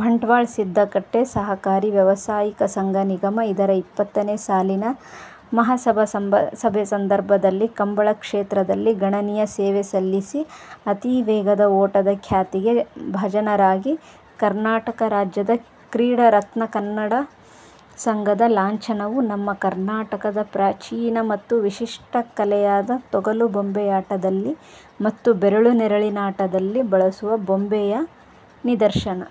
ಬಂಟ್ವಾಳ: ಸಿದ್ದಕಟ್ಟೆ ಸಹಕಾರಿ ವ್ಯವಸಾಯಿಕ ಸಂಘ, ನಿಗಮ. ಇದರ ಇಪ್ಪತ್ತನೇ ಸಾಲಿನ ಮಹಾಸಭೆ ಸಂದರ್ಭದಲ್ಲಿ ಕಂಬಳ ಕ್ಷೇತ್ರದಲ್ಲಿ ಗಣನೀಯ ಸೇವೆಸಲ್ಲಿಸಿ ಅತೀ ವೇಗದ ಓಟದ ಖ್ಯಾತಿಗೆ ಬಾಜನರಾಗಿ ಕರ್ನಾಟಕ ರಾಜ್ಯದ ಕ್ರೀಡಾರತ್ನಕನ್ನಡ ಸಂಘದ ಲಾಂಛನವು ನಮ್ಮ ಕರ್ನಾಟಕದ ಪ್ರಾಚೀನ ಮತ್ತು ವಿಶಿಷ್ಟ ಕಲೆಯಾದ ತೊಗಲು ಗೊಂಬೆಯಾಟದಲ್ಲಿ ಮತ್ತು ಬೆಳಕು-ನೆರಳಿನಾಟದಲ್ಲಿ ಬಳಸುವ ಗೊಂಬೆಯ ನಿದರ್ಶನ.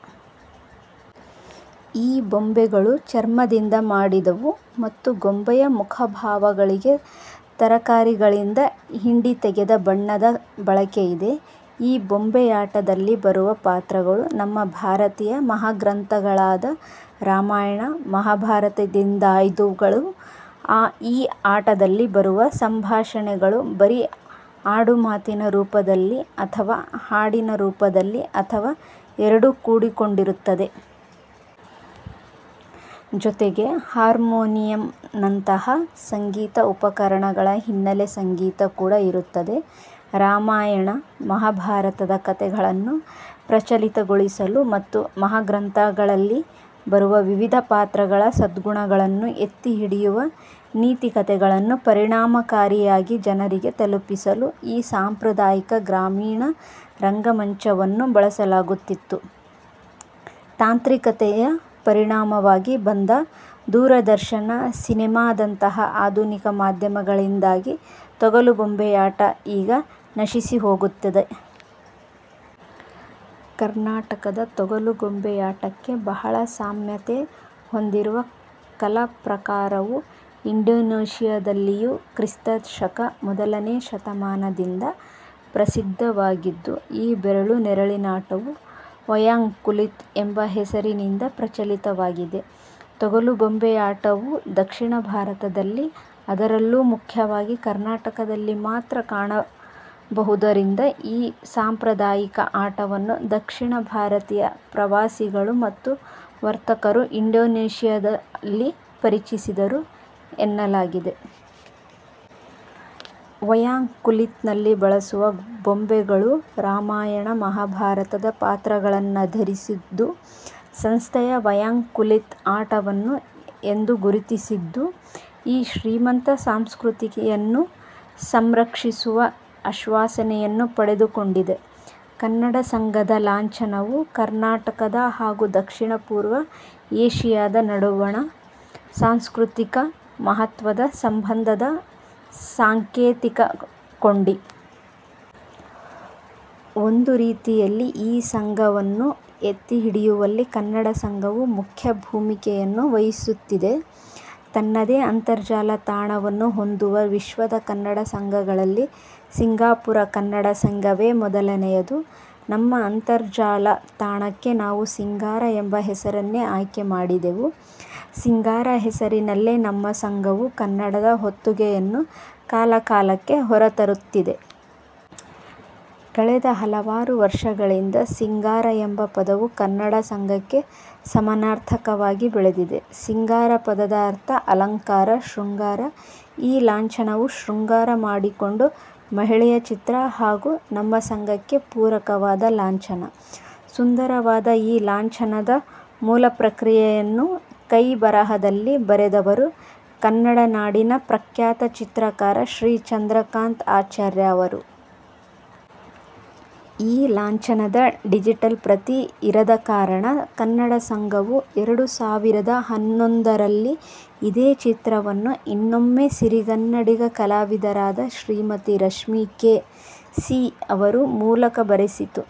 ಈ ಗೊಂಬೆಗಳು ಚರ್ಮದಿಂದ ಮಾಡಿದವು ಮತ್ತು ಗೊಂಬೆಯ ಮುಖಭಾವಗಳಿಗೆ ತರಕಾರಿಗಳಿಂದ ಹಿಂಡಿತೆಗೆದ ಬಣ್ಣದ ಬಳಕೆ ಇದೆ. ಈ ಗೊಂಬೆಯಾಟದಲ್ಲಿ ಬರುವ ಪಾತ್ರಗಳು ನಮ್ಮ ಭಾರತೀಯ ಮಹಾಗ್ರಂಥಗಳಾದ ರಾಮಾಯಣ, ಮಹಾಭಾರತದಿಂದಾಯ್ದವುಗಳು. ಈ ಆಟದಲ್ಲಿ ಬರುವ ಸಂಭಾಷಣೆಗಳು ಬರೀ ಆಡುಮಾತಿನ ರೂಪದಲ್ಲಿ ಅಥವಾ ಹಾಡಿನ ರೂಪದಲ್ಲಿ ಅಥವಾ ಎರಡೂ ಕೂಡಿಕೊಂಡಿರುತ್ತವೆ. ಜೊತೆಗೆ ಹಾರ್ಮೋನಿಯಮ್ನಂತಹ ಸಂಗೀತ ಉಪಕರಣಗಳ ಹಿನ್ನೆಲೆ ಸಂಗೀತ ಕೂಡ ಇರುತ್ತದೆ. ರಾಮಾಯಣ, ಮಹಾಭಾರತದ ಕಥೆಗಳನ್ನು ಪ್ರಚಲಿತಗೊಳಿಸಲು ಮತ್ತು ಮಹಾಗ್ರಂಥಗಳಲ್ಲಿ ಬರುವ ವಿವಿಧ ಪಾತ್ರಗಳ ಸದ್ಗುಣಗಳನ್ನು ಎತ್ತಿಹಿಡಿಯುವ ನೀತಿಕಥೆಗಳನ್ನು ಪರಿಣಾಮಕಾರಿಯಾಗಿ ಜನರಿಗೆ ತಲುಪಿಸಲು ಈ ಸಾಂಪ್ರದಾಯಿಕ ಗ್ರಾಮೀಣ ರಂಗಮಂಚವನ್ನು ಬಳಸಲಾಗುತ್ತಿತ್ತು. ತಾಂತ್ರಿಕತೆಯ ಪರಿಣಾಮವಾಗಿ ಬಂದ ದೂರದರ್ಶನ, ಸಿನೇಮಾದಂತಹ ಆಧುನಿಕ ಮಾಧ್ಯಮಗಳಿಂದಾಗಿ ತೊಗಲು ಗೊಂಬೆಯಾಟ ಈಗ ನಶಿಸಿಹೋಗುತ್ತಿದೆ. ಕರ್ನಾಟಕದ ತೊಗಲು ಗೊಂಬೆಯಾಟಕ್ಕೆ ಬಹಳ ಸಾಮ್ಯತೆ ಹೊಂದಿರುವ ಕಲಾಪ್ರಾಕಾರವು ಇಂಡೋನೇಶಿಯಾದಲ್ಲಿಯೂ ಕ್ರಿಸ್ತಶಕ ಮೊದಲನೇ ಶತಮಾನದಿಂದ ಪ್ರಸಿದ್ಧವಾಗಿದ್ದು, ಈ ಬೆಳಕು-ನೆರಳಿನಾಟವು "ವಯಾಂಗ್ ಕುಲಿತ್" ಎಂಬ ಹೆಸರಿನಿಂದ ಪ್ರಚಲಿತವಾಗಿದೆ. ತೊಗಲು ಗೊಂಬೆಯಾಟವು ದಕ್ಷಿಣ ಭಾರತದಲ್ಲಿ, ಅದರಲ್ಲೂ ಮುಖ್ಯವಾಗಿ ಕರ್ನಾಟಕದಲ್ಲಿ ಮಾತ್ರ ಕಾಣಬರುವುದರಿಂದ ಈ ಸಾಂಪ್ರದಾಯಿಕ ಆಟವನ್ನು ದಕ್ಷಿಣ ಭಾರತೀಯ ಪ್ರವಾಸಿಗಳು ಮತ್ತು ವರ್ತಕರು ಇಂಡೋನೇಶಿಯಾದಲ್ಲಿ ಪರಿಚಯಿಸಿದರು ಎನ್ನಲಾಗಿದೆ. "ವಯಾಂಗ್ ಕುಲಿತ್"ನಲ್ಲಿ ಬಳಸುವ ಗೊಂಬೆಗಳೂ ರಾಮಾಯಣ, ಮಹಾಭಾರತದ ಪಾತ್ರಗಳನ್ನಾಧರಿಸಿದ್ದು. ಸಂಸ್ಥೆಯು "ವಯಾಂಗ್ ಕುಲಿತ್" ಆಟವನ್ನು "" ಎಂದು ಗುರುತಿಸಿದ್ದು, ಈ ಶ್ರೀಮಂತ ಸಂಸ್ಕೃತಿಯನ್ನು ಸಂರಕ್ಷಿಸುವ ಆಶ್ವಾಸನೆಯನ್ನು ಪಡೆದುಕೊಂಡಿದೆ. ಕನ್ನಡ ಸಂಘದ ಲಾಂಛನವು ಕರ್ನಾಟಕದ ಹಾಗೂ ದಕ್ಷಿಣ-ಪೂರ್ವ ಏಶಿಯಾದ ನಡುವಣ ಸಾಂಸ್ಕೃತಿಕ ಮಹತ್ವದ ಸಂಬಂಧದ ಸಾಂಕೇತಿಕ ಕೊಂಡಿ. ಒಂದು ರೀತಿಯಲ್ಲಿ ಈ ಸಂಬಂಧವನ್ನು ಎತ್ತಿಹಿಡಿಯುವಲ್ಲಿ ಕನ್ನಡ ಸಂಘವು ಮುಖ್ಯ ಭೂಮಿಕೆಯನ್ನು ವಹಿಸುತ್ತಿದೆ. ತನ್ನದೇ ಅಂತರ್ಜಾಲ ತಾಣವನ್ನು ಹೊಂದುವ ವಿಶ್ವದ ಕನ್ನಡ ಸಂಘಗಳಲ್ಲಿ ಸಿಂಗಪುರ ಕನ್ನಡ ಸಂಘವೇ ಮೊದಲನೆಯದು. ನಮ್ಮ ಅಂತರ್ಜಾಲ ತಾಣಕ್ಕೆ ನಾವು "ಸಿಂಗಾರ"ಎಂಬ ಹೆಸರನ್ನೇ ಆಯ್ಕೆ ಮಾಡಿದೆವು. "ಸಿಂಗಾರ" ಹೆಸರಿನಲ್ಲೇ ನಮ್ಮ ಸಂಘವು ಕನ್ನಡದ ಹೊತ್ತುಗೆಯನ್ನು ಕಾಲಕಾಲಕ್ಕೆ ಹೊರತರುತ್ತಿದೆ. ಕಳೆದ ಹಲವಾರು ವರ್ಷಗಳಿಂದ "ಸಿಂಗಾರ" ಎಂಬ ಪದವು ಕನ್ನಡ ಸಂಘಕ್ಕೆ ಸಮಾನಾರ್ಥಕವಾಗಿ ಬೆಳೆದಿದೆ. "ಸಿಂಗಾರ" ಪದದ ಅರ್ಥ ಅಲಂಕಾರ, ಶೃಂಗಾರ. ಈ ಲಾಂಛನವು ಶೃಂಗಾರ ಮಾಡಿಕೊಂಡ ಮಹಿಳೆಯ ಚಿತ್ರ ಹಾಗೂ ನಮ್ಮ ಸಂಘಕ್ಕೆ ಪೂರಕವಾದ ಲಾಂಛನ. ಸುಂದರವಾದ ಈ ಲಾಂಛನದ ಮೂಲಪ್ರತಿಯನ್ನು ಕೈಬರಹದಲ್ಲಿ ಬರೆದವರು ಕನ್ನಡನಾಡಿನ ಪ್ರಖ್ಯಾತ ಚಿತ್ರಕಾರ ಶ್ರೀ ಚಂದ್ರಕಾಂತ್ ಆಚಾರ್ಯ ಅವರು. ಈ ಲಾಂಛನದ ಡಿಜಿಟಲ್ ಪ್ರತಿ ಇರದ ಕಾರಣ ಕನ್ನಡ ಸಂಘ ವು ಎರಡು ಸಾವಿರದ ಹನ್ನೊಂದರಲ್ಲಿ ಇದೇ ಚಿತ್ರವನ್ನು ಇನ್ನೊಮ್ಮೆ, ಸಿಂಗನ್ನಡಿಗ ಕಲಾವಿದರಾದ ಶ್ರಿಮತಿ ರಶ್ಮಿ ಕೆ. ಸಿ ಅವರು ಮೂಲಕ ಬರೆಸಿತು.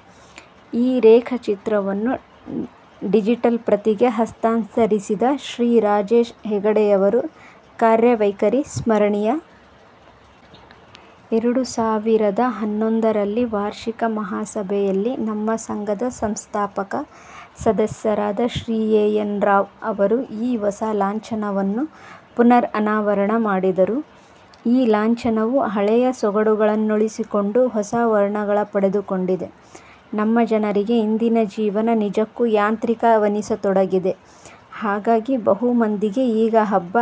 ಈ ರೇಖಾ ಚಿತ್ರವನ್ನು ಡಿಜಿಟಲ್ ಪ್ರತಿಗೆ ಹಸ್ತಾಂತರಿಸಿದ ಶ್ರೀ ರಾಜೇಶ್ ಹೆಗಡೆಯವರ ಕಾರ್ಯವೈಕರಿ ಸ್ಮರಿಣೀಯ. ಎರಡು ಸಾವಿರದ ಹನ್ನೊಂದರಲ್ಲಿ ವಾರ್ಷಿಕ ಮಹಾಸಭೆಯಲ್ಲಿ ನಮ್ಮ ಸಂಘದ ಸಂಸ್ಥಾಪಕ ಸದಸ್ಯರಾದ ಶ್ರೀ ಎ. ಎನ್. ರಾವ್ ಅವರು ಈ ಹೊಸ ಲಾಂಛನವನ್ನು ಪುನರ್-ಅನಾವರಣ ಮಾಡಿದರು. ಈ ಲಾಂಛನವು ಹಳೆಯ ಸೊಗಡುಗಳನ್ನುಳಿಸಿಕೊಂಡು ಹೊಸ ವರ್ಣಗಳನ್ನು ಪಡೆದುಕೊಂಡಿದೆ. ನಮ್ಮ ಜನರಿಗೆ ಇಂದಿನ ಜೀವನ ನಿಜಕ್ಕೂ ಯಾಂತ್ರಿಕವೆನಿಸತೊಡಗಿದೆ. ಹಾಗಾಗಿ ಬಹುಮಂದಿಗೆ ಈಗ ಹಬ್ಬ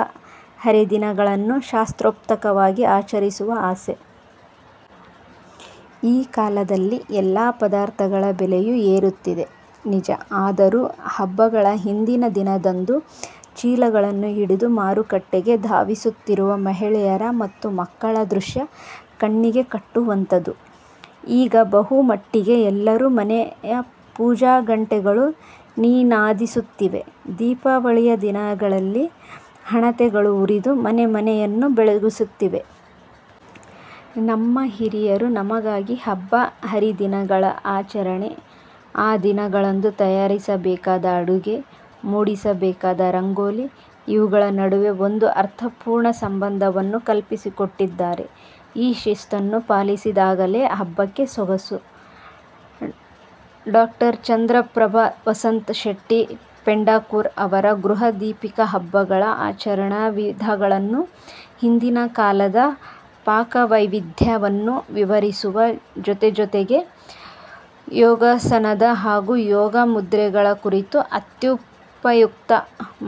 ಹರಿದಿನಗಳನ್ನು ಶಾಸ್ತ್ರೋಕ್ತವಾಗಿ ಆಚರಿಸುವ ಆಸೆ. ಈ ಕಾಲದಲ್ಲಿ ಎಲ್ಲ ಪದಾರ್ಥಗಳ ಬೆಲೆಯೂ ಏರುತ್ತಿದೆ, ನಿಜ. ಆದರೂ ಹಬ್ಬಗಳ ಹಿಂದಿನ ದಿನದಂದು ಚೀಲಗಳನ್ನು ಹಿಡಿದು ಮಾರುಕಟ್ಟೆಗೆ ಧಾವಿಸುತ್ತಿರುವ ಮಹಿಳೆಯರ ಮತ್ತು ಮಕ್ಕಳ ದೃಶ್ಯ ಕಣ್ಣಿಗೆಕಟ್ಟುವಂಥದು. ಈಗ ಬಹುಮಟ್ಟಿಗೆ ಎಲ್ಲರ ಮನೆಯ ಪೂಜಾಗಂಟೆಗಳೂ ನಿನಾದಿಸುತ್ತಿವೆ. ದೀಪಾವಳಿಯ ದಿನಗಳಲ್ಲಿ ಹಣತೆ ಗಳು ಉರಿದು ಮನೆಮನೆಯನ್ನೂ ಬೆಳಗಿಸುತ್ತಿವೆ. ನಮ್ಮ ಹಿರಿಯರು ನಮಗಾಗಿ ಹಬ್ಬ ಹರಿದಿನಗಳ ಆಚರಣೆ, ಆ ದಿನಗಳಂದು ತಯಾರಿಸ ಬೇಕಾದ ಅಡುಗೆ, ಮೂಡಿಸಬೇಕಾದ ರಂಗೋಲಿ, ಇವುಗಳ ನಡುವೆ ಒಂದು ಅರ್ಥಪೂರ್ಣ ಸಂಬಂಧವನ್ನು ಕಲ್ಪಿಸಿಕೊಟ್ಟಿದ್ದಾರೆ. ಈ ಶಿಸ್ತನ್ನು ಪಾಲಿಸಿದಾಗಲೇ ಹಬ್ಬಕ್ಕೆ ಸೊಗಸು. ಡಾ ಚಂದ್ರಪ್ರಭಾ ವಸಂತ ಶೆಟ್ಟಿ ಪೆಂಡಕೂರ ಅವರ ಗೃಹ ದೀಪಿಕ ಹಬ್ಬಗಳ ಆಚರಣಾ ವಿಧಾನಗಳನ್ನೂ ಹಿಂದಿನ ಕಾಲದ ಪಾಕವೈವಿಧ್ಯ ವನ್ನೂ ವಿವರಿಸುವ ಜೊತೆಜೊತೆಗೇ ಯೋಗಾಸನದ ಹಾಗೂ ಯೋಗ ಮುದ್ರೆಗಳ ಕುರಿತೂ ಅತ್ಯುಪಯುಕ್ತ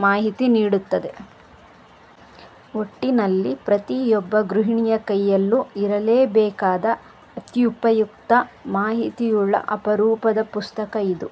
ಮಾಹಿತಿ ನೀಡುತ್ತದೆ. ಒಟ್ಟಿನಲ್ಲಿ ಪ್ರತಿಯೊಬ್ಬ ಗೃಹಿಣಿಯ ಕೈಯಲ್ಲೂ ಇರಲೇಬೇಕಾದ, ಅತ್ಯುಪಯುಕ್ತ ಮಾಹಿತಿಯುಳ್ಳ ಅಪರೂಪದ ಪುಸ್ತಕ ಇದು.